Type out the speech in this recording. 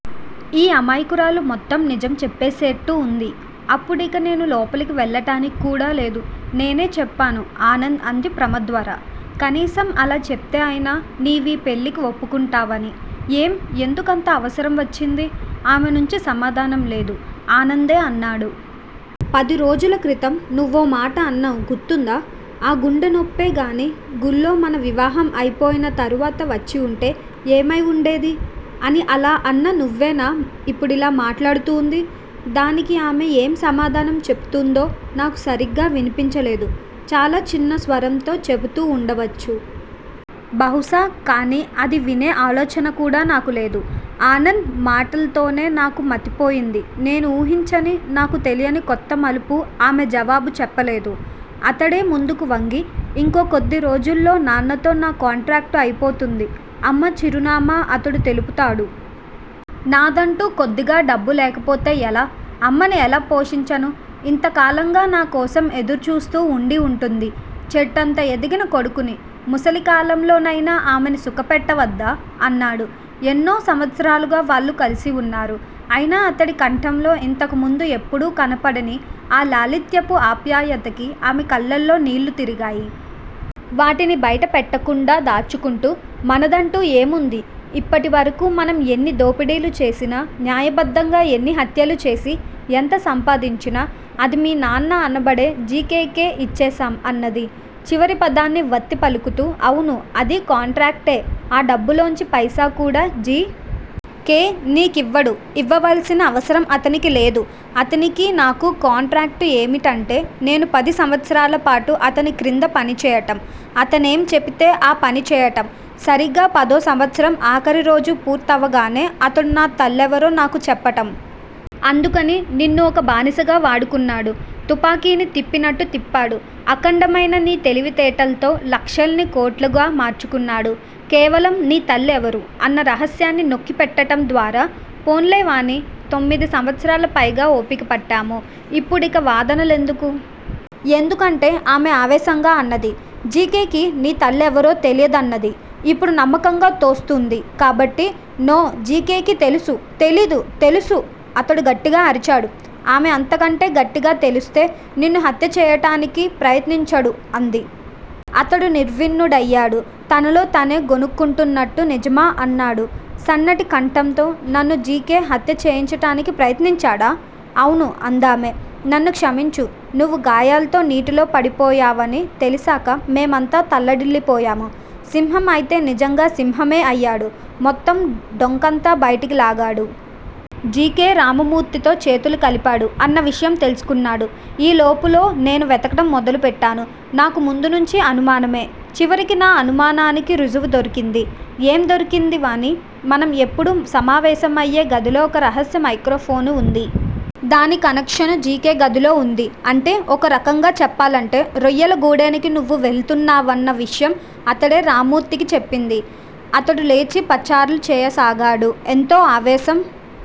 ఈ అమాయకురాలు మొత్తం నిజం చెప్పేసేట్టూ వుంది. అప్పుడిక నేను లోపలికి వెళ్ళటానికి కూడా లేదు. నేనే చెప్పాను ఆనంద్ అంది ప్రమద్వర. కనీసం అలా చెప్తే అయినా నీవీ పెళ్ళికి వప్పుకుంటావని ఏం? ఎందుకంత అవసరం వచ్చింది? ఆమె నుంచి సమాధానం లేదు. ఆనందే అన్నాడు. పది రోజుల క్రితం నువ్వోమాట అన్నావు గుర్తుందా? ఆ గుండె నొప్పే గానీ గుళ్ళో మన వివాహం అయిపోయిన తరువాత వచ్చివుంటే ఏమై వుండేది? అని అలా అన్న నువ్వేనా ఇప్పుడిలా మాట్లాడుతూంది? దానికి ఆమె ఏం సమాధానం చెపుతూందో నాకు సరిగ్గా వినిపించలేదు. చాలా చిన్న స్వరంతో చెపుతూ వుండవచ్చు. బహుశా కానీ అది వినే ఆలోచన కూడా నాకు లేదు. ఆనంద్ మాటల్తోనే నాకు మతిపోయింది నేను వూహించని, నాకు తెలియని కొత్త మలుపు ఆమె జవాబు చెప్పలేదు. అతడే ముందుకు వంగి, ఇంకో కొద్ది రోజుల్లో నాన్నతో నా కాంట్రాక్టు అయిపోతుంది. అమ్మ చిరునామా అతడు తెలుపుతాడు. నాదంటూ కొద్దిగా డబ్బు లేకపోతే ఎలా! అమ్మని ఎలా పోషించను! ఇంత కాలంగా నా కోసం ఎదురుచూస్తూ వుండి ఉంటుంది. చెట్టంత ఎదిగిన కొడుకుని! ముసలి కాలంలో నైనా ఆమెని సుఖపెట్టవద్దా? అన్నాడు. ఎన్నో సంవత్సరాలుగా వాళ్ళు కలిసివున్నారు. అయినా అతడి కంఠంలో ఇంతకుముందు ఎప్పుడూ కనపడని ఆ లాలిత్యపు ఆప్యాయతకి ఆమె కళ్ళల్లో నీళ్ళు తిరిగాయి. వాటిని బయట పెట్టకుండా దాచుకుంటూ, మనదంటూ ఏముంది? ఇప్పటివరకూ మనం ఎన్ని దోపిడీలు చేసినా, న్యాయబద్ధంగా ఎన్ని హత్యలు చేసి ఎంత సంపాదించినా అది మీ నాన్న అనబడే జి. కే. కే ఇచ్చేసేం అన్నది చివరి పదాన్ని వత్తి పలుకుతూ. అవును. అదీ కాంట్రాక్టే ఆ డబ్బులోంచి పైసా కూడా జి. కే. నీ కివ్వడు ఇవ్వవలసిన అవసరం అతనికి లేదు. అతనికీ నాకూ కాంట్రాక్టు ఏమిటంటే- నేను పది సంవత్సరాల పాటు అతని క్రింద పనిచేయటం- అతనేం చెపితే ఆ పనిచేయటం- సరీగా పదో సంవత్సరం ఆఖరి రోజు పూర్తవగానే అతడు నా తల్లెవరో నాకు చెప్పటం. అందుకని నిన్ను ఒక బానిసగా వాడుకున్నాడు. తుపాకిని తిప్పినట్టు తిప్పాడు. అఖండమైన నీ తెలివితేటల్తో లక్షల్ని కోట్లుగా మార్చుకున్నాడు. కేవలం, నీ తల్లి ఎవరు, అన్న రహస్యాన్ని నొక్కి పెట్టటం ద్వారా- పోన్లే వాణి, తొమ్మిది సంవత్సరాల పైగా ఓపిక పట్టాము. ఇప్పుడిక వాదన లెందుకు? ఎందుకంటే ఆమె ఆవేశంగా అన్నది. జి. కె. కి నీ తల్లి ఎవరో తెలియదన్నది ఇప్పుడు నమ్మకంగా తోస్తూంది కాబట్టి నో జి. కె. కి తెలుసు. తెలీదు, తెలుసు అతడు గట్టిగా అరిచాడు. ఆమె అంతకంటే గట్టిగా తెలుస్తే నిన్ను హత్యచేయించటానికి ప్రయత్నించడు అంది. అతడు నిర్విణ్ణుడయ్యాడు. తనలో తనే గొణుక్కుంటున్నట్టు నిజమా అన్నాడు సన్నటి కంఠంతో నన్ను జి. కె. హత్య చేయించటానికి ప్రయత్నించాడా? అవును అందామె. నన్ను క్షమించు. నువ్వు గాయాల్తో నీటిలో పడిపోయావని తెలిశాక మేమంతా తల్లడిల్లిపోయాము. సింహం అయితే నిజంగా సింహమే అయ్యాడు. మొత్తం డొంకంతా బయటికి లాగాడు. జి. కే. రామ్మూర్తితో చేతులు కలిపాడు అన్న విషయం తెలుసుకున్నాడు. ఈ లోపులో నేను వెతకటం మొదలుపెట్టాను. నాకు ముందు నుంచీ అనుమానమే- చివరికి నా అనుమానానికి ఋజువు దొరికింది. ఏం దొరికింది వాణి మనం ఎప్పుడూ సమావేశమయ్యే గదిలో ఒక రహస్య మైక్రో ఫోను వుంది. దాని కనెక్షను జి. కే. గదిలో వుంది. అంటే- ఒక రకంగా చెప్పాలంటే రొయ్యల గూడేనికి నువ్వు వెళుతున్నావన్న విషయం అతడే రామ్మూర్తికి చెప్పింది. అతడు లేచి పచార్లు చేయ సాగాడు. ఎంతో ఆవేశం